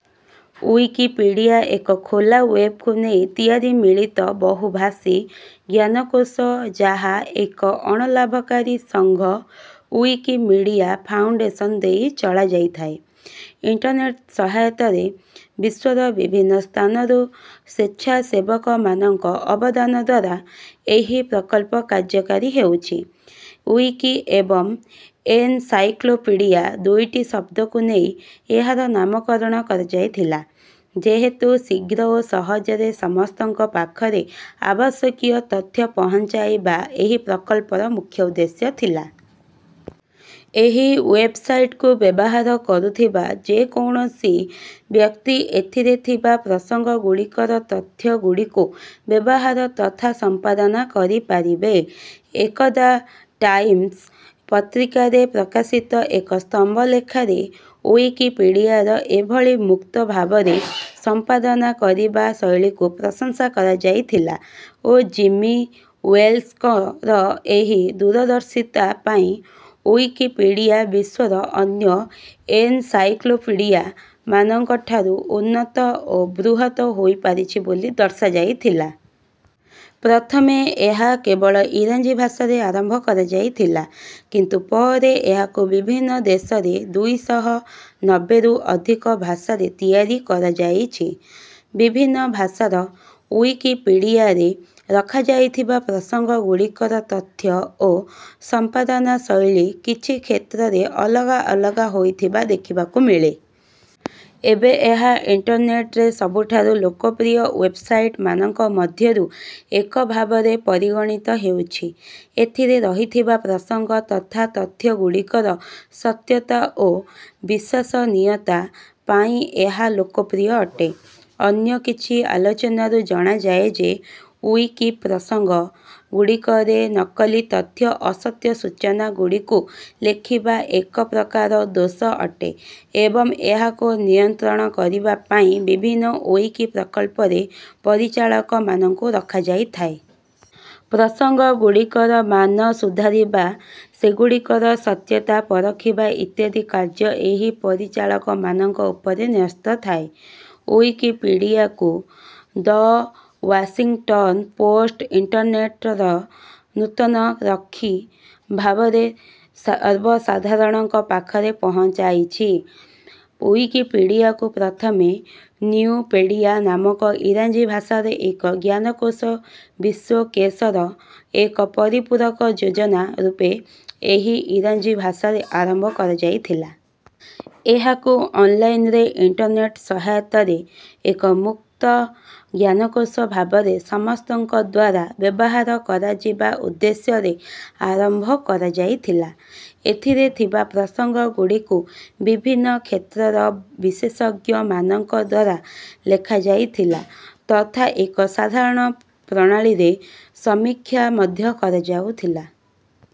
Wikipedia ଏକ ଖୋଲା ୱେବକୁ ନେଇ ତିଆରି ମିଳିତ ବହୁଭାଷୀ ଜ୍ଞାନକୋଷ ଯାହା ଏକ ଅଣଲାଭକାରୀ ସଙ୍ଘ ଉଇକିମିଡ଼ିଆ ଫାଉଣ୍ଡେସନ ଦେଇ ଚଳାଯାଇଥାଏ। ଇଣ୍ଟର୍ନେଟ ସହାୟତାରେ ବିଶ୍ୱର ବିଭିନ୍ନ ସ୍ଥାନରୁ ସ୍ୱେଚ୍ଛାସେବକ ମାନଙ୍କ ଅବଦାନଦ୍ୱାରା ଏହି ପ୍ରକଳ୍ପ କାର୍ଯ୍ୟକାରୀ ହେଉଛି ଉଇକି ଏବଂ ଏନସାଇକ୍ଳୋପିଡ଼ିଆ ଦୁଇଟି ଶବ୍ଦକୂ ନେଇ ଏହାର ନାମକରଣ କରାଯାଇଥିଲା ଯେହେତୁ ଶୀଘ୍ର ଓ ସହଜରେ ସମସ୍ତଙ୍କ ପାଖରେ ଆବଶ୍ୟକୀୟ ତଥ୍ୟ ପହଞ୍ଚାଇବା ଏହି ପ୍ରକଳ୍ପର ମୁଖ୍ୟ ଉଦ୍ଦେଶ୍ୟ ଥିଲା। ଏହି ୱେବସାଇଟକୁ ବ୍ୟବହାର କରୁଥିବା ଯେକୌଣସି ବ୍ୟକ୍ତି ଏଥିରେ ଥିବା ପ୍ରସଙ୍ଗ ଗୁଡ଼ିକର ତଥ୍ୟ ଗୁଡ଼ିକୁ ବ୍ୟବହାର ତଥା ସମ୍ପାଦନା କରିପାରିବେ। ଏକଦା ଟାଇମ୍ସ ପତ୍ରିକାରେ ପ୍ରକାଶିତ ଏକ ସ୍ତମ୍ଭଲେଖରେ ଉଇକିପିଡ଼ିଆର ଏଭଳି ମୁକ୍ତ ଭାବରେ ସମ୍ପାଦନା କରିବା ଶୈଳୀ କୁ ପ୍ରଶଂସା କରାଯାଇଥିଲା ଓ ଜିମି ୱେଲ୍ସଙ୍କର ଏହି ଦୂରଦର୍ଶିତା ପାଇଁ ଉଇକିପିଡ଼ିଆ ବିଶ୍ୱର ଅନ୍ୟ ଏନସାଇକ୍ଳୋପିଡ଼ିଆ ମାନଙ୍କ ଠାରୁ ଉନ୍ନତ ଓ ବୃହତ ହୋଇପାରିଛି ବୋଲି ଦର୍ଶା ଯାଇଥିଲା। ପ୍ରଥମେ ଏହା କେବଳ ଇଂରାଜୀ ଭାଷାରେ ଆରମ୍ଭ କରଯାଇଥିଲା। କିନ୍ତୁ ପରେ ଏହାକୁ ବିଭିନ୍ନ ଦେଶରେ ଦୁଇଶହ ନବେରୁ ଅଧିକ ଭାଷାରେ ତିଆରି କରଯାଇଛି। ବିଭିନ୍ନ ଭାଷାର ଉଇକିପିଡ଼ିଆରେ ରଖାଯାଇଥିବା ପ୍ରସଙ୍ଗ ଗୁଡ଼ିକର ତଥ୍ୟ ଓ ସାମ୍ପାଦନା ଶୈଳୀ କିଛି କ୍ଷେତ୍ରରେ ଅଲଗା ଅଲଗା ହୋଇଥିବା ଦେଖିବାକୁ ମିଳେ। ଏବେ ଏହା ଇଣ୍ଟର୍ନେଟରେ ସବୁଠାରୁ ଲୋକପ୍ରିୟ ୱେବସାଇଟ ମାନଙ୍କ ମଧ୍ୟରୁ ଏକ ଭାବରେ ପରିଗଣିତ ହେଉଛି। ଏଥିରେ ରହିଥିବା ପ୍ରସଙ୍ଗ ତଥା ତଥ୍ୟ ଗୁଡ଼ିକର ସତ୍ୟତା ଓ ବିଶ୍ୱାସନୀୟତା ପାଇଁ ଏହା ଲୋକପ୍ରିୟ ଅଟେ। ଅନ୍ୟ କିଛି ଆଲୋଚନାରୁ ଜଣାଯାଏ ଯେ ଉଇକି ପ୍ରସଙ୍ଗ ଗୁଡ଼ିକରେ ନକଲି ତଥ୍ୟ ଅସତ୍ୟ ସୂଚନା ଗୁଡ଼ିକୁ ଲେଖିବା ଏକ ପ୍ରକାର ଦୋଷ ଅଟେ ଏବଂ ଏହାକୁ ନିୟନ୍ତ୍ରଣ କରିବା ପାଇଁ ବିଭିନ୍ନ ଉଇକି ପ୍ରକଳ୍ପରେ ପରିଚାଳକ ମାନଙ୍କୁ ରଖାଯାଇଥାଏ। ପ୍ରସଙ୍ଗ ଗୁଡ଼ିକର ମାନ ସୁଧାରିବା ସେଗୁଡ଼ିକର ସତ୍ୟତା ପରଖିବା ଇତ୍ୟାଦି କାର୍ଯ୍ୟ ଏହି ପରିଚାଳକ ମାନଙ୍କ ଉପରେ ନ୍ୟସ୍ତ ଥାଏ। ଉଇକିପିଡ଼ିଆକୁ ଦ ୱାସିଙ୍ଗଟନ ପୋଷ୍ଟ ଇଣ୍ଟର୍ନେଟର ନୂତନ ରକ୍ଷୀ ଭାବରେ ସର୍ବସାଧାରଣଙ୍କ ପାଖରେ ପହଞ୍ଚାଇଛି। ଉଇକିପିଡ଼ିଆକୁପ୍ରଥମେ ନ୍ୟୁପେଡ଼ିଆ ନାମକ ଇଂରାଜୀ ଭାଷାରେ ଏକ ଜ୍ଞାନକୋଷ ବିଶ୍ୱକେଷର ଏକ ପରିପୂରକ ଯୋଜନା ରୂପେ ଏହି ଇଂରାଜୀ ଭାଷାରେ ଆରମ୍ଭ କରାଯାଇଥିଲା। ଏହାକୁ ଅନଲାଇନରେ ଇଣ୍ଟର୍ନେଟ ସହାୟତାରେ ଏକ ମୁକ୍ତ ଜ୍ଞାନକୋଷ ଭାବରେ ସମସ୍ତଙ୍କଦ୍ୱାରା ବ୍ୟବହାର କରାଯିବା ଉଦ୍ଦେଶ୍ୟରେ ଆରମ୍ଭ କରା ଯାଇଥିଲା। ଏଥିରେ ଥିବା ପ୍ରସଙ୍ଗ ଗୁଡ଼ିକୁ ବିଭିନ୍ନ କ୍ଷେତ୍ରର ବିଶେଷଜ୍ଞ ମାନଙ୍କଦ୍ୱାରା ଲେଖା ଯାଇଥିଲା ତଥା ଏକ ସାଧାରଣ ପ୍ରଣାଳୀରେ ସମୀକ୍ଷା ମଧ୍ୟ କରଯାଉଥିଲା।